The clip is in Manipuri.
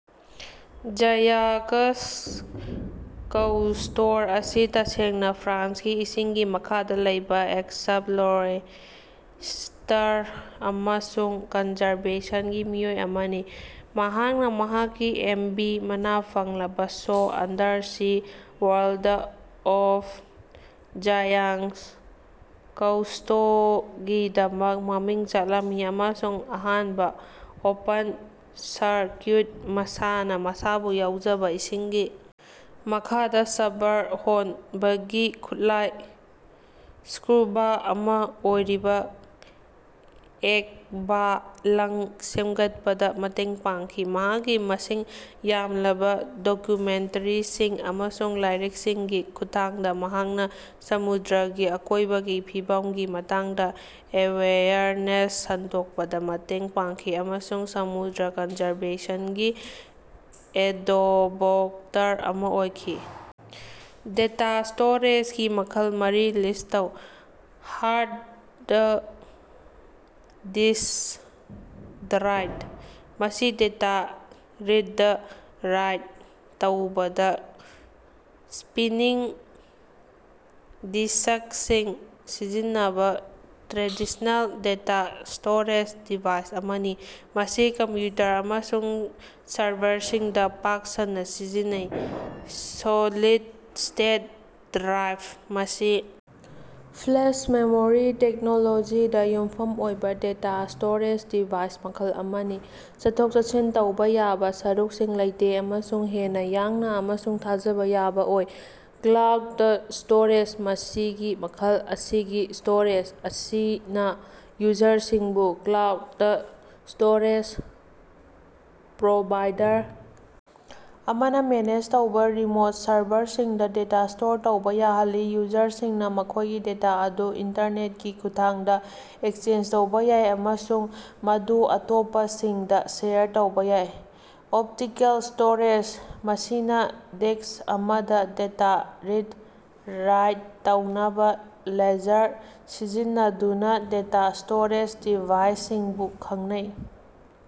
ꯖ꯭ꯌꯥꯀꯁ ꯀꯧꯁ꯭ꯇꯣ ꯑꯁꯤ ꯇꯁꯦꯡꯅꯥ ꯐ꯭ꯔꯥꯟꯁꯀꯤ ꯏꯁꯤꯡꯒꯤ ꯃꯈꯥꯗꯥ ꯂꯩꯕꯥ ꯑꯦꯛꯁꯄ꯭ꯂꯣꯔꯦꯇꯔ ꯑꯃꯁꯨꯡ ꯀꯟꯖꯔꯕꯦꯁꯟꯒꯤ ꯃꯤꯑꯣꯏ ꯑꯃꯅꯤ꯫ ꯃꯍꯥꯛꯅꯥ ꯃꯍꯥꯛꯀꯤ ꯑꯦꯝꯕꯤ ꯃꯅꯥ ꯐꯪꯂꯕ show, Undersea World of Jacques ꯀꯧꯁ꯭ꯇꯣꯒꯤꯗꯃꯛ ꯃꯃꯤꯡ ꯆꯠꯂꯝꯃꯤ ꯑꯃꯁꯨꯡ ꯑꯍꯥꯟꯕ ꯑꯣꯄꯟ-ꯁꯔꯀ꯭ꯌꯨꯠ, ꯃꯁꯥꯅ ꯃꯁꯥꯕꯨ ꯌꯥꯎꯖꯕ ꯏꯁꯤꯡꯒꯤ ꯃꯈꯥꯗꯥ ꯁ꯭ꯕꯔ ꯍꯣꯟꯕꯒꯤ ꯈꯨꯠꯂꯥꯏ (ꯁ꯭ꯀꯨꯕꯥ) ꯑꯃꯥ ꯑꯣꯏꯔꯤꯕ ꯑꯦꯛꯕꯥ-ꯂꯪ ꯁꯦꯝꯒꯠꯄꯗ ꯃꯇꯦꯡ ꯄꯥꯡꯈꯤ꯫ ꯃꯍꯥꯛꯀꯤ ꯃꯁꯤꯡ ꯌꯥꯝꯂꯕ ꯗꯣꯀꯨꯃꯦꯟꯇꯔꯤꯁꯤꯡ ꯑꯃꯁꯨꯡ ꯂꯥꯏꯔꯤꯛꯁꯤꯡꯒꯤ ꯈꯨꯠꯊꯥꯡꯗ ꯃꯍꯥꯛꯅ ꯁꯃꯨꯗ꯭ꯔꯒꯤ ꯑꯀꯣꯏꯕꯒꯤ ꯐꯤꯕꯝꯒꯤ ꯃꯇꯥꯡꯗ ꯑꯦꯋꯦꯌꯔꯅꯦꯁ ꯁꯟꯗꯣꯛꯄꯗ ꯃꯇꯦꯡ ꯄꯥꯡꯈꯤ ꯑꯃꯁꯨꯡ ꯁꯃꯨꯗ꯭ꯔ ꯀꯟꯖꯔꯕꯦꯁꯟꯒꯤ ꯑꯦꯗꯣꯕꯣꯛꯇꯔ ꯑꯃ ꯑꯣꯏꯈꯤ꯫ ꯗꯦꯇꯥ ꯁ꯭ꯇꯣꯔꯦꯖꯒꯤ ꯃꯈꯜ ꯃꯔꯤ ꯂꯤꯁ꯭ꯠ ꯇꯧ꯫ ꯍꯥꯔꯗ ꯗꯤꯁ꯭ꯛ ꯗ꯭ꯔꯥꯏ: ꯃꯁꯤ ꯗꯦꯇꯥ ꯔꯤꯗ ꯔꯥꯏꯠ ꯇꯧꯕꯗ ꯁ꯭ꯄꯤꯅꯤꯡ ꯗꯤꯁ꯭ꯛꯁꯤꯡ ꯁꯤꯖꯤꯟꯅꯕ ꯇ꯭ꯔꯦꯗꯤꯁꯅꯦꯜ ꯗꯦꯇꯥ ꯁ꯭ꯇꯣꯔꯦꯖ ꯗꯤꯚꯥꯏꯁ ꯑꯃꯅꯤ꯫ ꯃꯁꯤ ꯀꯝꯄ꯭ꯌꯨꯇꯔ ꯑꯃꯁꯨꯡ ꯁꯔꯚꯔꯁꯤꯡꯗ ꯄꯥꯛ ꯁꯟꯅ ꯁꯤꯖꯤꯟꯅꯩ꯫ ꯁꯣꯂꯤꯗ ꯁ꯭ꯇꯦꯠ ꯗ꯭ꯔꯥꯏꯚ ꯃꯁꯤ ꯐ꯭ꯂꯦꯁ ꯃꯦꯃꯣꯔꯤ ꯇꯦꯛꯅꯣꯂꯣꯖꯤꯗ ꯌꯨꯝꯐꯝ ꯑꯣꯏꯕ ꯗꯦꯇꯥ ꯁ꯭ꯇꯣꯔꯦꯖ ꯗꯤꯚꯥꯏꯁ ꯃꯈꯜ ꯑꯃꯅꯤ꯫ ꯆꯠꯊꯣꯛ-ꯆꯠꯁꯤꯟ ꯇꯧꯕ ꯌꯥꯕ ꯁꯔꯨꯛꯁꯤꯡ ꯂꯩꯇꯦ ꯑꯃꯁꯨꯡ ꯍꯦꯟꯅ ꯌꯥꯡꯅ ꯑꯃꯁꯨꯡ ꯊꯥꯖꯕ ꯌꯥꯕ ꯑꯣꯏ꯫ ꯀ꯭ꯂꯥꯎꯗ ꯁ꯭ꯇꯣꯔꯦꯖ ꯃꯁꯤꯒꯤ ꯃꯈꯜ ꯑꯁꯤꯒꯤ ꯁ꯭ꯇꯣꯔꯦꯖ ꯑꯁꯤꯅ ꯌꯨꯖꯔꯁꯤꯡꯕꯨ ꯀ꯭ꯂꯥꯎꯗ ꯁ꯭ꯇꯣꯔꯦꯖ ꯄ꯭ꯔꯣꯚꯥꯏꯗꯔ ꯑꯃꯅ ꯃꯦꯅꯦꯖ ꯇꯧꯕ ꯔꯤꯃꯣꯠ ꯁꯔꯚꯔꯁꯤꯡꯗ ꯗꯦꯇꯥ ꯁ꯭ꯇꯣꯔ ꯇꯧꯕ ꯌꯥꯍꯜꯂꯤ꯫ ꯌꯨꯖꯔꯁꯤꯡꯅ ꯃꯈꯣꯏꯒꯤ ꯗꯦꯇꯥ ꯑꯗꯨ ꯏꯟꯇꯔꯅꯦꯠꯀꯤ ꯈꯨꯠꯊꯥꯡꯗ ꯑꯦꯛꯁꯦꯁ ꯇꯧꯕ ꯌꯥꯏ ꯑꯃꯁꯨꯡ ꯃꯗꯨ ꯑꯇꯣꯞꯄꯁꯤꯡꯗ ꯁꯦꯌꯔ ꯇꯧꯕ ꯌꯥꯏ꯫ ꯑꯣꯞꯇꯤꯀꯦꯜ ꯁ꯭ꯇꯣꯔꯦꯖ ꯃꯁꯤꯅ ꯗꯤꯁ꯭ꯛ ꯑꯃꯗ ꯗꯦꯇꯥ ꯔꯤꯗ ꯔꯥꯏꯠ ꯇꯧꯅꯕ ꯂꯦꯖꯔ ꯁꯤꯖꯤꯟꯅꯗꯨꯅ ꯗꯦꯇꯥ ꯁ꯭ꯇꯣꯔꯦꯖ ꯗꯤꯚꯥꯏꯁꯁꯤꯡꯕꯨ ꯈꯪꯅꯩ꯫